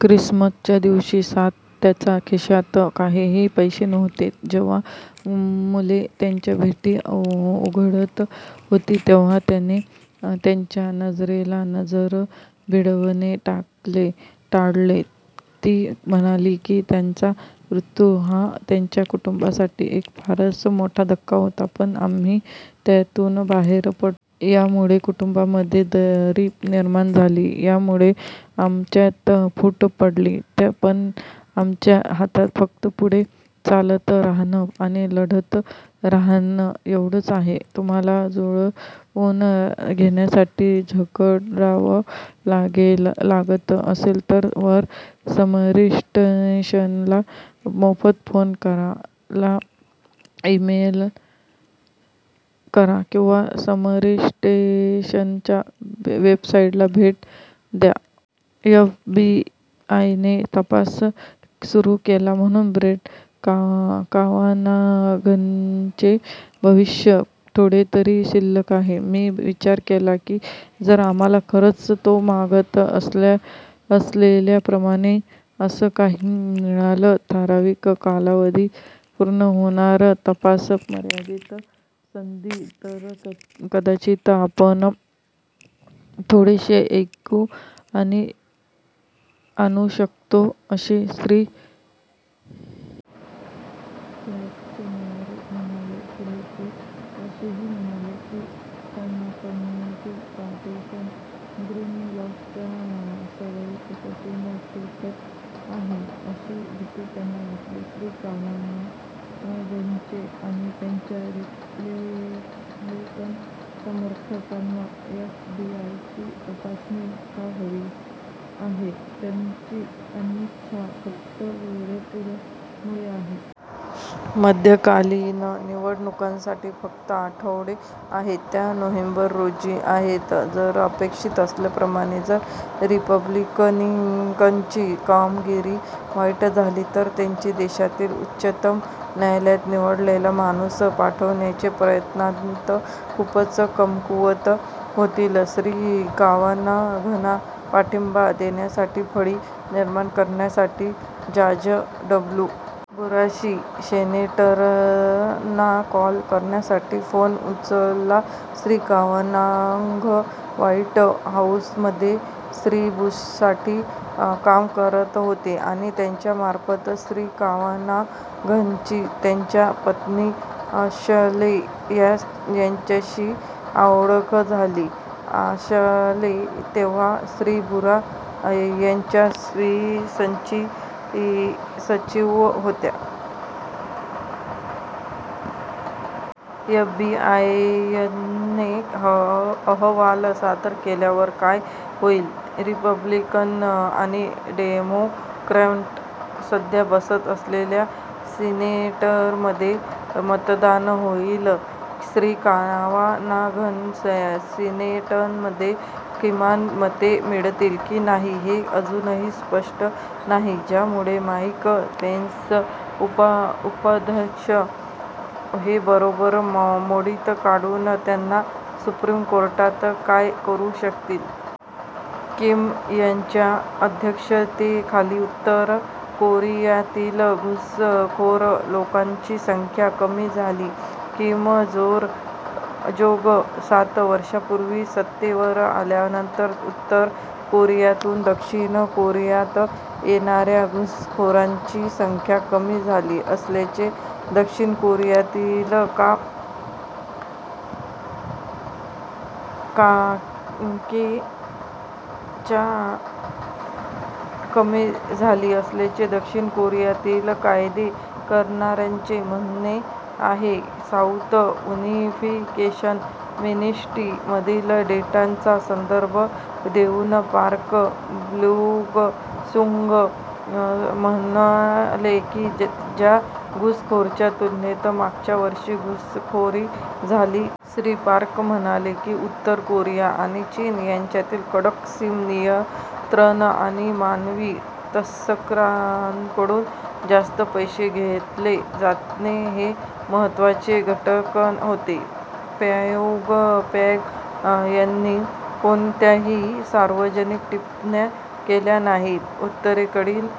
ख्रिसमसच्या दिवशी त्याचा खिशात काहीही पैसे नव्हते जेव्हा मुले त्यांच्या भेटी उघडत होती तेव्हा त्याने त्यांच्या नजरेला नजर भिडवणे टाळले. " ती म्हणाली की, त्याचा मृत्यू हा त्यांच्या कुटुंबासाठी एक फारच मोठा धक्का होता, पण आम्ही त्यातून बाहेर पडलो. "यामुळे कुटुंबामध्ये दरी निर्माण झाली. यामुळे आमच्यात फूट पडली. पण आमच्या हातात फक्त पुढे चालत राहणं आणि लढत राहणं एवढंच आहे. " तुम्हाला जुळवून घेण्यासाठी झगडावं लागत असेल तर वर समरिटन्सला मोफत फोन करा, ला इमेल करा किंवा समरिटन्सच्या वेबसाईटला भेट द्या. एफबीआयने तपास सुरू केला म्हणून ब्रेट कावानॉघचे भविष्य थोडेतरी शिल्लक आहे "मी विचार केला की, जर आम्हाला खरंच तो मागत असलेल्याप्रमाणे असं काही मिळालं ठराविक कालावधीत पूर्ण होणारा तपास, मर्यादित संधी तर कदाचित आपण थोडेसे ऐक्य आणू शकतो," असे श्री. फ्लेक शनिवारी म्हणाले, पुढे ते असेही म्हणाले की त्यांना कमिटी पार्टीसन ग्रीडलॉकच्या सवयीत पडून "तुटत" आहे अशी भीती त्यांना वाटली. श्री. कावानॉघचे आणि त्यांच्या रिपब्लिकन समर्थकांना एफबीआयची तपासणी का हवी आहे? त्यांची अनिच्छा फक्त वेळेमुळे आहे. मध्यकालीन निवडणुकांसाठी फक्त आठवडे आहेत, त्या नोव्हेंबर रोजी आहेत जर अपेक्षित असल्याप्रमाणे जर रिपब्लिकनची कामगिरी वाईट झाली, तर त्यांचे देशातील उच्चतम न्यायालयात निवडलेला माणूस पाठवण्याचे प्रयत्नात खूपच कमकुवत होतील. श्री. कावानॉघना पाठिंबा देणाऱ्यांची फळी निर्माण करण्यासाठी जॉर्ज डब्लू. बुशनी सेनेटरना कॉल करण्यासाठी फोन उचलला. श्री. कावानॉघ व्हाईट हाउसमध्ये श्री. बुशसाठी काम करत होते आणि त्यांच्यामार्फतच श्री. कावानॉघची त्यांच्या पत्नी अॅशले यांच्याशी ओळख झाली, अॅशले तेव्हा श्री. बुश यांच्या स्वीय सचिव होत्या. एफबीआयने अहवाल सादर केल्यावर काय होईल? रिपब्लिकन आणि डेमोक्रॅट सध्या बसत असलेल्या सीनेटमध्ये मतदान होईल. श्री कावानॉघना सीनेटमध्ये किमान मते मिळतील की नाही हे अजूनही स्पष्ट नाही, ज्यामुळे माईक पेन्स, उपाध्यक्ष हे बरोबरी मोडीत काढून त्यांना सुप्रीम कोर्टात कायम करू शकतील. किम यांच्या अध्यक्षतेखाली उत्तर कोरियातील घुसखोर लोकांची संख्या "कमी" झाली किम जोंग सात वर्षापूर्वी सत्तेवर आल्यानंतर उत्तर कोरियातून दक्षिण कोरियात येणाऱ्या घुसखोरांची संख्या कमी झाली असल्याचे, दक्षिण कोरियातील कायदे करणाऱ्यांचे म्हणणे आहे. साउथ उनिफिकेशन मिनिस्ट्री मधील डेटाचा संदर्भ देऊन पार्क ब्योंग-सुंग म्हणाले की, च्या घुसखोरांच्या तुलनेत मागच्या वर्षी घुसखोरी झाली. श्री. पार्क म्हणाले की, उत्तर कोरिया आणि चीन यांच्यातील कडक सीम नियंत्रण आणि मानवी तस्करांकडून जास्त पैसे घेतले जाणे हे महत्त्वाचे घटक होते. प्योंगयांग यांनी कोणत्याही सार्वजनिक टिप्पण्या केल्या नाहीत. उत्तरेकडील